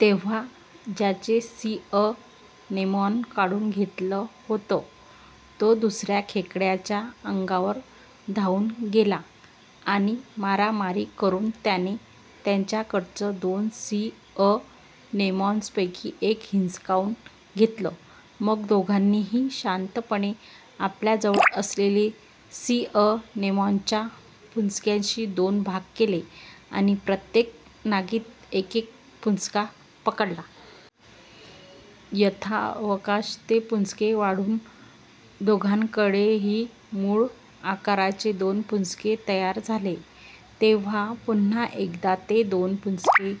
तेव्हा ज्याचे sea anemone काढून घेतले होते, तो दुसर्या खेकड्याच्या अंगावर धावून गेला आणि मारामारी करून त्याने त्याच्याकडच्या दोन सी अॅनेमॉनपैकी एक हिसकावून घेतला. मग दोघांनीही शांतपणे आपल्याजवळ असलेल्या सी अॅनेमॉनच्या पुंजक्याचे दोन भाग केले आणि प्रत्येक नांगीत एकेक पुंजका पकडला. यथावकाश ते पुंजके वाढून दोघांकडेही मूळ आकाराचे दोन पुंजके तयार झाले. तेव्हा पुन्हा एकदा ते दोन पुंजके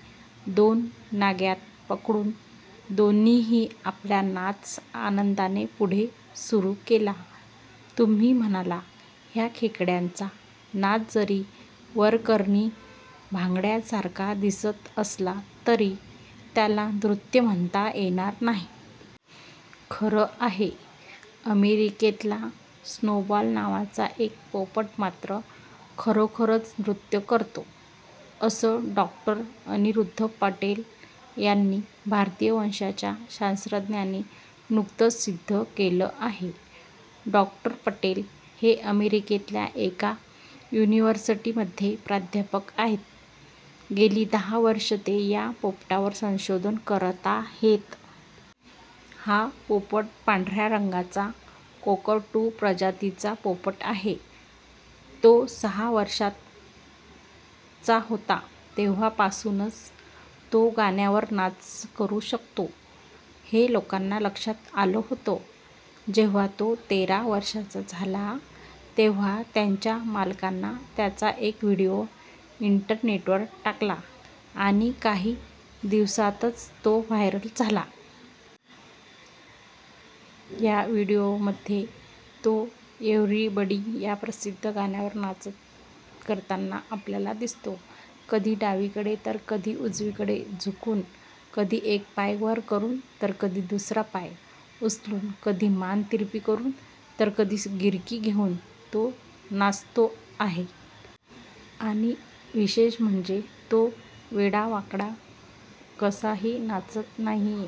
दोन नांग्यांत पकडून दोघांनीही आपला नाच आनंदाने पुढे सुरू केला. तुम्ही म्हणाल, ह्या खेकड्यांचा नाच जरी वरकरणी भांगड्यासारखा दिसत असला तरी त्याला नृत्य म्हणता येणार नाही. खरं आहे. अमेरिकेतला स्नोबॉल नावाचा एक पोपट मात्र खरोखरच नृत्य करतो असं डॉ. अनिरुद्ध पटेल या भारतीय वंशाच्या शास्त्रज्ञाने नुकतंच सिद्ध केलं आहे. डॉ. पटेल हे अमेरिकेतल्या एका युनिव्हर्सिटीमध्ये प्राध्यापक आहेत. गेली दहा वर्षं ते या पोपटावर संशोधन करताहेत. हा पोपट पांढऱ्या रंगाचा कोकॅटू प्रजातीचा पोपट आहे. तो सहा वर्षाचा होता, तेव्हापासूनच तो गाण्यावर नाच करू शकतो हे लोकांच्या लक्षात आलं होतं. जेव्हा तो तेरा वर्षांचा झाला तेव्हा त्याच्या मालकानं त्याचा एक व्हिडिओ इंटरनेटवर टाकला आणि काही दिवसांतच तो व्हायरल झाला. या व्हिडिओमध्ये तो 'एव्हरीबडी' या प्रसिद्ध गाण्यावर नाच करताना आपल्याला दिसतो. कधी डावीकडे तर कधी उजवीकडे झुकून, कधी एक पाय वर करून तर कधी दुसरा पाय उचलून, कधी मान तिरपी करून तर कधी गिरकी घेऊन तो नाचतो आहे. आणि विशेष म्हणजे तो वेडावाकडा, कसाही नाचत नाहीये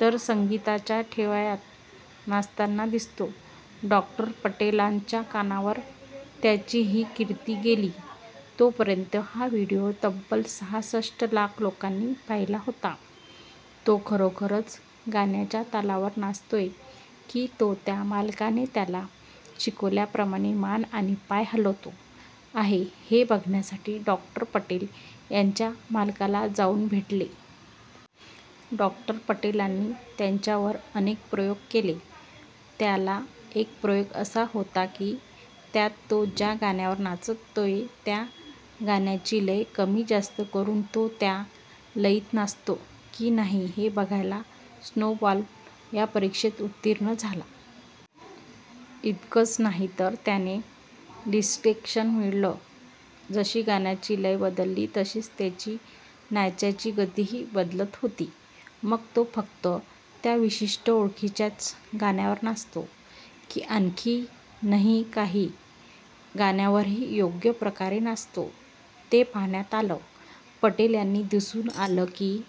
तर संगीताच्या ठेक्यात नाचताना दिसतो. डॉक्टर पटेलांच्या कानावर त्याची ही कीर्ती गेली, तोपर्यंत हा व्हिडिओ तब्बल सहासष्ट लाख लोकांनी पाहिला होता. तो खरोखरच गाण्याच्या तालावर नाचतोय, की तो त्याच्या मालकाने त्याला शिकवल्याप्रमाणे मान आणि पाय हलवतो आहे हे बघण्यासाठी डॉक्टर पटेल त्याच्या मालकाला जाऊन भेटले. डॉक्टर पटेलांनी त्याच्यावर अनेक प्रयोग केले. त्यातला एक प्रयोग असा होता की, त्यात तो ज्या गाण्यावर नाचतोय त्या गाण्याची लय कमीजास्त करून तो त्या लयीत नाचतो की नाही ते बघायचं. स्नोबॉल या परीक्षेत उत्तीर्ण झाला. इतकंच नाही तर त्याने डिस्टिंक्शन मिळवलं. जशी गाण्याची लय बदलली तशी त्याची नाचायची गतीही बदलत होती. मग तो फक्त त्या विशिष्ट, ओळखीच्याच गाण्यावर नाचतो की आणखीनही काही गाण्यांवरही योग्य प्रकारे नाचतो ते पाहण्यात आलं. पटेल यांना दिसून आलं की,